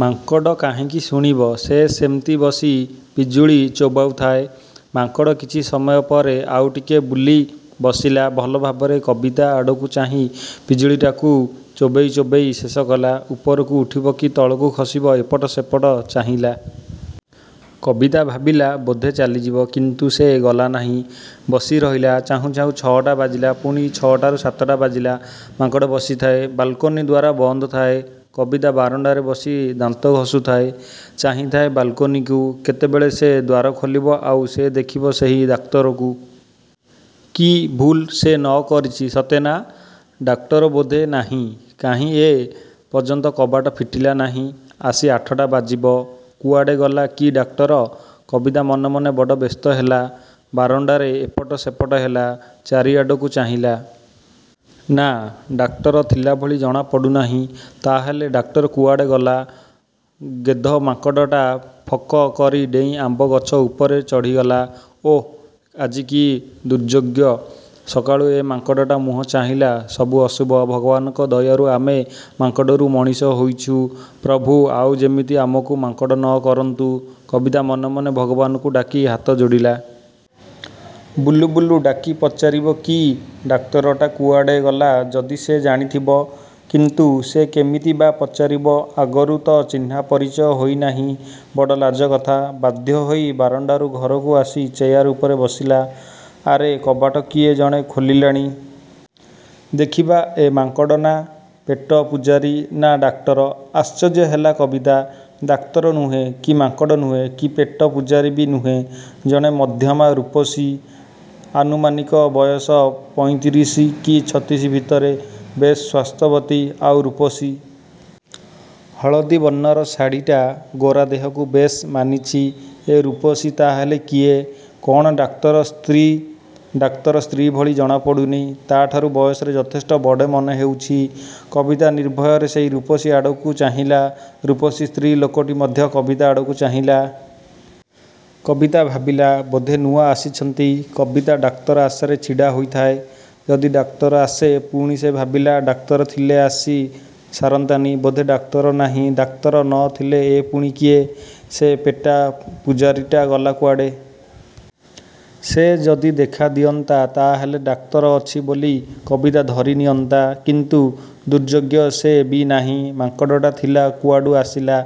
ମାଙ୍କଡ଼ କାହିଁକି ଶୁଣିବ? ସେ ସେମିତି ବସି ପିଜୁଳି ଚୋବାଉଥାଏ। ମାଙ୍କଡ଼ କିଛି ସମୟ ପରେ ଆଉଟିକେ ବୁଲି ବସିଲା। ଭଲ ଭାବରେ କବିତା ଆଡ଼କୁ ଚାହିଁ ପିଜୁଳିଟାକୁ ଚୋବେଇ ଚୋବେଇ ଶେଷ କଲା। ଉପରକୁ ଉଠିବ କି ତଳକୁ ଖସିବ, ଏପଟ ସେପଟ ଚାହିଁଲା। କବିତା ଭାବିଲା ବୋଧେ ଚାଲିଯିବ। କିନ୍ତୁ ସେ ଗଲା ନାହିଁ। ବସି ରହିଲା। ଚାହୁଁ ଚାହୁଁ ଛଅଟା ବାଜିଲା। ପୁଣି ଛଅଟାରୁ ସାତଟା ବାଜିଲା। ମାଙ୍କଡ଼ ବସିଥାଏ। ବାଲ୍କୋନି ଦ୍ୱାର ବନ୍ଦଥାଏ। କବିତା ବାରଣ୍ଡାରେ ବସି ଦାନ୍ତ ଘଷୁଥାଏ, ଚାହିଁଥାଏ ବାଲକୋନିକୁ। କେତେବେଳେ ସେ ଦ୍ୱାର ଖୋଲିବ, ଆଉ ସେ ଦେଖିବ ସେହି ଡାକ୍ତରକୁ। କି ଭୁଲ୍ ସେ ନ କରିଛି ସତେ ନାଁ, ଡାକ୍ତର ବୋଧେ ନାହିଁ। କାହିଁ ଏ। ପର୍ଯ୍ୟନ୍ତ କବାଟ ଫିଟିଲା ନାହିଁ। ଆସି ଆଠଟା ବାଜିବ। କୁଆଡ଼େ ଗଲା କି ଡାକ୍ତର? କବିତା ମନେ ମନେ ବଡ଼ ବ୍ୟସ୍ତ ହେଲା। ବାରଣ୍ଡାରେ ଏପଟ ସେପଟ ହେଲା, ଚାରିଆଡ଼କୁ ଚାହିଁଲା। ନାଁ ଡାକ୍ତର ଥିଲାଭଳି ଜଣା ପଡ଼ୁନାହିଁ। ତା'ହେଲେ ଡାକ୍ତର କୁଆଡ଼େ ଗଲା? ଗେଧମାଙ୍କଡ଼ଟା ଫକ କରି ଡେଇଁ ଆମ୍ୱ ଗଛ ଉପରେ ଚଢ଼ିଗଲା। ଓଃ ଆଜି କି ଦୁର୍ଯ୍ୟୋଗ! ସକାଳୁ ଏ ମାଙ୍କଡ଼ଟା ମୁହଁ ଚାହିଁଲା। ସବୁ ଅଶୁଭ, ଭଗବାନଙ୍କ ଦୟାରୁ ଆମେ ମାଙ୍କଡ଼ରୁ ମଣିଷ ହୋଇଛୁ; ପ୍ରଭୁ ଆଉ ଯେମିତି ଆମକୁ ମାଙ୍କଡ଼ ନ କରନ୍ତୁ, କବିତା ମନେ ମନେ ଭଗବାନକୁ ଡାକି ହାତ ଯୋଡ଼ିଲା। ବୁବୁଲୁକୁ ଡାକି ପଚାରିବ କି; ଡାକ୍ତରଟା କୁଆଡ଼େ ଗଲା-ଯଦି ସେ ଜାଣିଥିବ। କିନ୍ତୁ ସେ କେମିତି ବା ପଚାରିବ। ଆଗରୁ ତ ଚିହ୍ନା ପରିଚୟ ହୋଇନାହିଁ, ବଡ଼ ଲାଜ କଥା। ବାଧ୍ୟ ହୋଇ ବାରଣ୍ଡାରୁ ଘରକୁ ଆସି ଚେୟାର ଉପରେ ବସିଲା। ଆରେ କବାଟ କିଏ ଜଣେ ଖୋଲିଲାଣି। ଦେଖିବା ଏ ମାଙ୍କଡ଼ ନା, ପେଟ ପୂଝାରୀ, ନା ଡାକ୍ତର। ଆଶ୍ଚର୍ଯ୍ୟ ହେଲା କବିତା। ଡାକ୍ତର ନୁହେଁ, କି ମାଙ୍କଡ଼ ନୁହେଁ, କି ପେଟ ପୂଝାରୀ ବି ନୁହେଁ। ଜଣେ ମଧ୍ୟମା ରୂପସୀ। ଆନୁମାନିକ ବୟସ ପଇଁତିରିଶି, କି ଛତିଶି ଭିତରେ। ବେଶ୍ ସ୍ୱାସ୍ଥ୍ୟବତୀ। ଆଉ ରୂପସୀ। ହଳଦୀ ବର୍ଣ୍ଣର ଶାଢ଼ୀଟା ଗୋରା ଦେହକୁ ବେଶ୍ ମାନିଛି। ଏ ରୂପସୀ ତା'ହେଲେ କିଏ? କ'ଣ ଡାକ୍ତର ସ୍ତ୍ରୀ? ଡାକ୍ତର ସ୍ତ୍ରୀ ଭଳି ଜଣା ପଡ଼ୁନି। ତା'ଠାରୁ ବୟସରେ ଯଥେଷ୍ଟ ବଡ଼ ମନେ ହେଉଛି। କବିତା ନିର୍ଭୟରେ ସେହି ରୂପସୀ ଆଡ଼କୁ ଚାହିଁଲା। ରୂପସୀ ସ୍ତ୍ରୀ ଲୋକଟି ମଧ୍ୟ କବିତା ଆଡ଼କୁ ଚାହିଁଲା। କବିତା ଭାବିଲା, ବୋଧେ ନୂଆ ଆସିଛନ୍ତି। କବିତା ଡାକ୍ତର ଆଶାରେ ଛିଡ଼ା ହୋଇଥାଏ। ଯଦି ଡାକ୍ତର ଆସେ। ପୁଣି ସେ ଭାବିଲା, ଡାକ୍ତର ଥିଲେ ଆସି ସାରନ୍ତାଣି। ବୋଧେ ଡାକ୍ତର ନାହିଁ। ଡାକ୍ତର ନ ଥିଲେ ଏ ପୁଣି କିଏ? ସେ ପେଟା ପୂଝାରୀଟା ଗଲା କୁଆଡ଼େ? ସେ ଯଦି ଦେଖା ଦିଅନ୍ତା ତା'ହେଲେ ଡାକ୍ତର ଅଛି ବୋଲି କବିତା ଧରି ନିଅନ୍ତା। କିନ୍ତୁ ଦୁର୍ଯ୍ୟୋଗ ସେ ବି ନାହିଁ। ମାଙ୍କଡ଼ଟା ଥିଲା କୁଆଡ଼ୁ ଆସିଲା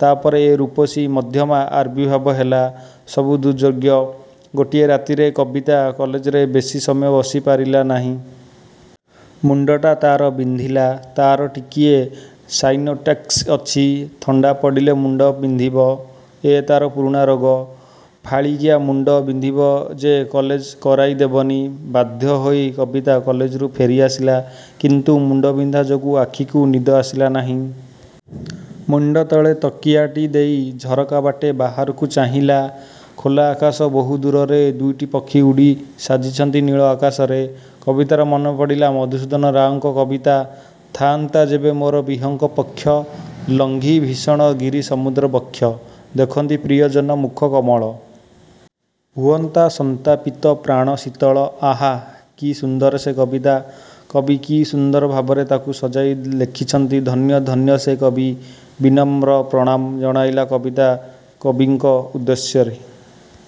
ତା'ପରେ ଏ ରୂପସୀ ମଧ୍ୟମା ଆବିର୍ଭାବ ହେଲା। ସବୁ ଦୁର୍ଯ୍ୟୋଗ। ଗୋଟିଏ ରାତିରେ। କବିତା କଲେଜରେ ବେଶି ସମୟ ବସି ପାରିଲାନାହିଁ। ମୁଣ୍ଡଟା ତା'ର ବିନ୍ଧିଲା। ତା'ର ଟିକିଏ ସାଇନୋସାଇଟ୍ସ ଅଛି। ଥଣ୍ଡା ପଡ଼ିଲେ ମୁଣ୍ଡ ବିନ୍ଧିବ। ଏ ତା'ର ପୁରୁଣା ରୋଗ। ଫାଳିକିଆ ମୁଣ୍ଡ ବିନ୍ଧିବ ଯେ କଲେଜ କରାଇ ଦେବନି। ବାଧ୍ୟ ହୋଇ କବିତା କଲେଜରୁ ଫେରି ଆସିଲା। କିନ୍ତୁ ମୁଣ୍ଡବିନ୍ଧା ଯୋଗୁ ଆଖିକୁ ନିଦ ଆସିଲା ନାହିଁ। ମୁଣ୍ଡତଳେ ତକିଆଟା ଦେଇ ଝରକା ବାଟେ ବାହାରକୁ ଚାହିଁଲା। ଖୋଲା ଆକାଶ ବହୁ ଦୂରରେ ଦୁଇଟି ପକ୍ଷୀ ଉଡ଼ି ସାଜିଛନ୍ତି ନୀଳ ଆକାଶରେ। କବିତାର ମନେପଡ଼ିଲା ମଧୁସୂଦନ ରାଓଙ୍କ କବିତା- 'ଥା'ନ୍ତା ଯେବେ ମୋର ବିହଙ୍ଗ ପକ୍ଷ' ଲଙ୍ଘି ଭୀଷଣ ଗିରି ସମୁଦ୍ର ବକ୍ଷ। ଦେଖନ୍ତି ପ୍ରିୟଜନ ମୁଖ କମଳ। ହୁଅନ୍ତା ସନ୍ତାପିତ ପ୍ରାଣ ଶୀତଳ। ଆହାଃ। କି ସୁନ୍ଦର ସେ କବିତା। କବି କି ସୁନ୍ଦର ଭାବରେ ତା'କୁ ସଜାଇ ଲେଖିଛନ୍ତି। ଧନ୍ୟ ଧନ୍ୟ ସେ କବି। ବିନମ୍ର ପ୍ରଣାମ ଜଣାଇଲା କବିତା କବିଙ୍କ ଉଦ୍ଦେଶ୍ୟରେ।